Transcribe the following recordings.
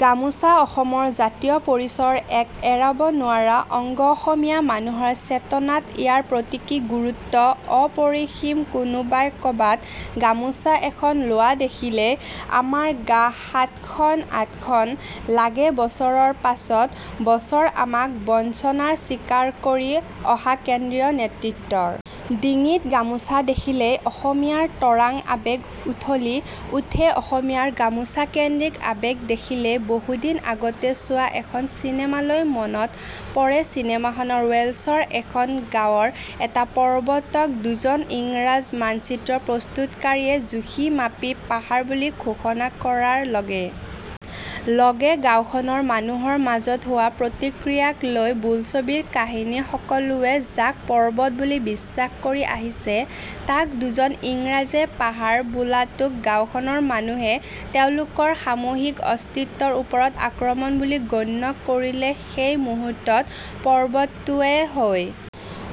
গামোচা অসমৰ জাতীয় পৰিচয়ৰ এক এৰাব নোৱৰা অংগঅসমীয়া মানুহৰ চেতনাত ইয়াৰ প্ৰতীকী গুৰুত্ব অপৰিসীমকোনোবাই কবাত গামোচা এখন লোৱা দেখিলেই আমাৰ গা সাতখন আঠখন লাগেবছৰৰ পাছত বছৰ আমাক বঞ্চনাৰ চিকাৰ কৰি অহা কেন্দ্ৰীয় নেতৃত্বৰ ডিঙিত গামোচা দেখিলেই অসমীয়াৰ তৰাং আৱেগ উঠলি উঠেঅসমীয়াৰ গামোচাকেন্দ্ৰিক আৱেগ দেখিলে বহুদিন আগতে চোৱা এখন চিনেমালৈ মনত পৰেচিনেমাখন ৱেলছৰ এখন গাঁৱৰ এটা পৰ্বতক দুজন ইংৰাজ মানচিত্ৰ প্ৰস্তুতকাৰীয়ে জুখিমাপি পাহাৰ বুলি ঘোষণা কৰাৰ লগে লগে গাঁওখনৰ মানুহৰ মাজত হোৱা প্ৰতিক্ৰিয়াক লৈ বোলছবিৰ কাহিনীসকলোৱে যাক পৰ্বত বুলি বিশ্বাস কৰি আহিছে তাক দুজন ইংৰাজে পাহাৰ বোলাটোক গাঁওখনৰ মানুহে তেওঁলোকৰ সামূহিক অস্তিত্বৰ ওপৰত আক্ৰমণ বুলি গণ্য কৰিলেসেই মুহূৰ্তত পৰ্বতটোৱে হৈ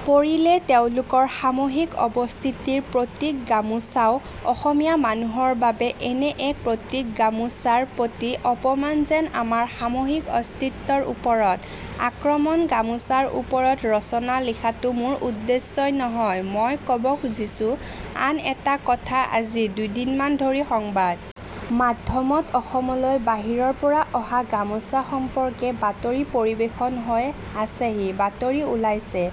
পৰিলে তেওঁলোকৰ সামূহিক অৱস্থিতিৰ প্ৰতীকগামোচাও অসমীয়া মানুহৰ বাবে এনে এক প্ৰতীকগামোচাৰ প্ৰতি অপমান যেন আমাৰ সামূহিক অস্তিত্বৰ ওপৰত আক্ৰমণগামোচাৰ ওপৰত ৰচনা লিখাটো মোৰ উদ্দেশ্য নহয়মই কব খুজিছো আন এটা কথাআজি দুদিনমান ধৰি সংবাদ মাধ্যমত অসমলৈ বাহিৰৰ পৰা অহা গামোচা সম্পৰ্কে বাতৰি পৰিৱেশন হৈ আহিছেবাতৰি ওলাইছে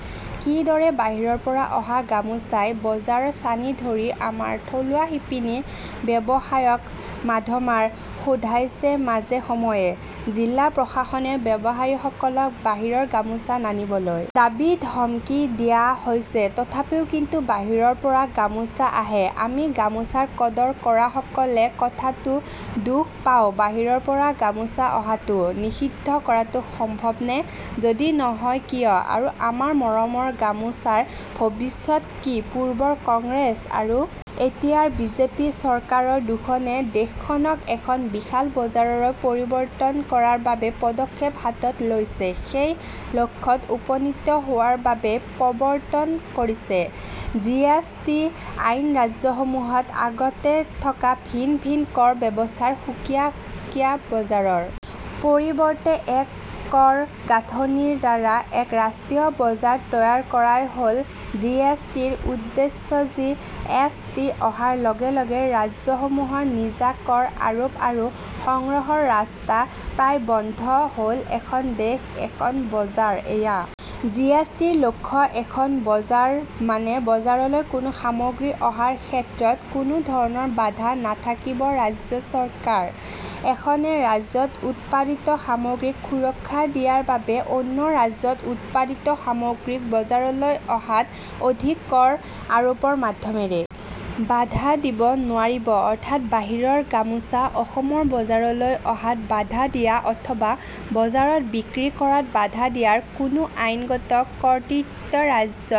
কি দৰে বাহিৰৰ পৰা অহা গামোচাই বজাৰ চানি ধৰি আমাৰ থলুৱা শিপিনীৰ ব্যৱসায়ক মাধমাৰ সোধাইছেমাজেসময়ে জিলা প্ৰশাসনে ব্যৱসায়ীসকলক বাহিৰৰ গামোচা নানিবলৈ দাবী ধমকি দিয়া হৈছেতথাপিও কিন্তু বাহিৰৰ পৰা গামোচা আহেআমি গামোচাৰ কদৰ কৰাসকলে কথাটোত দুখ পাওঁবাহিৰৰ পৰা গামোচা অহাটো নিষিদ্ধ কৰাটো সম্ভৱনে যদি নহয় কিয় আৰু আমাৰ মৰমৰ গামোচাৰ ভৱিষ্যৎ কি পূৰ্বৰ কংগ্ৰেছ আৰু এতিয়াৰ বিজেপি চৰকাৰ দুখনে দেশখনক এখন বিশাল বজাৰলৈ পৰিৱৰ্তন কৰাৰ বাবে পদক্ষেপ হাতত লৈছেসেই লক্ষ্যত উপনীত হোৱাৰ বাবেই প্ৰৱৰ্তন কৰিছে জি এচ টি আইনৰাজ্যসমূহত আগতে থকা ভিন ভিন কৰ ব্যৱস্থাৰ সুকীয়া সুকীয়া বজাৰৰ পৰিৱৰ্তে এক কৰ গাঁথনিৰদ্বাৰা এক ৰাষ্ট্ৰীয় বজাৰ তৈয়াৰ কৰাই হল জি এছ টিৰ উদ্দেশ্যজি এছ টি অহাৰ লগে লগে ৰাজ্যসমূহৰ নিজা কৰ আৰোপ আৰু সংগ্ৰহৰ ৰাস্তা প্ৰায় বন্ধ হলএখন দেশ এখন বজাৰ এয়া জি এছ টিৰ লক্ষ্যএখন বজাৰ মানে বজাৰলৈ কোনো সামগ্ৰী অহাৰ ক্ষেত্ৰত কোনো ধৰণৰ বাধা নাথাকিবৰাজ্য চৰকাৰ এখনে ৰাজ্যত উৎপাদিত সামগ্ৰীক সুৰক্ষা দিয়াৰ বাবে অন্য ৰাজ্যত উৎপাদিত সামগ্ৰীক বজাৰলৈ অহাত অধিক কৰ আৰোপৰ মাধ্যমেৰে বাধা দিব নোৱাৰিবঅৰ্থাৎ বাহিৰৰ গামোচা অসমৰ বজাৰলৈ অহাত বাধা দিয়া অথবা বজাৰত বিক্ৰী কৰাত বাধা দিয়াৰ কোনো আইনগত কৰ্তৃত্ব ৰাজ্য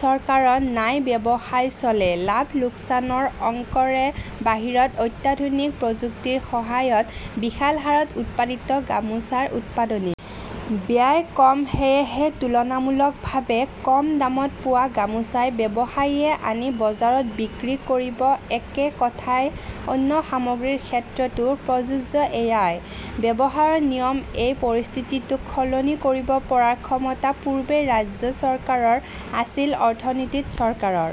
চৰকাৰৰ নাইব্যৱসায় চলে লাভলোকচানৰ অংকৰেবাহিৰত অত্যাধুনিক প্ৰযুক্তিৰ সহায়ত বিশাল হাৰত উৎপাদিত গামোচাৰ উৎপাদনী ব্যয় কমসেয়েহে তুলনামূলকভাৱে কম দামত পোৱা গামোচাই ব্যৱসায়ীয়ে আনি বজাৰত বিক্ৰী কৰিবএকে কথাই অন্য সামগ্ৰীৰ ক্ষেত্ৰতো প্ৰযোজ্যএয়াই ব্যৱসায়ৰ নিয়মএই পৰিস্থিতিটোক সলনি কৰিব পৰাৰ ক্ষমতা পূৰ্বে ৰাজ্য চৰকাৰৰ আছিলঅৰ্থনীতিত চৰকাৰৰ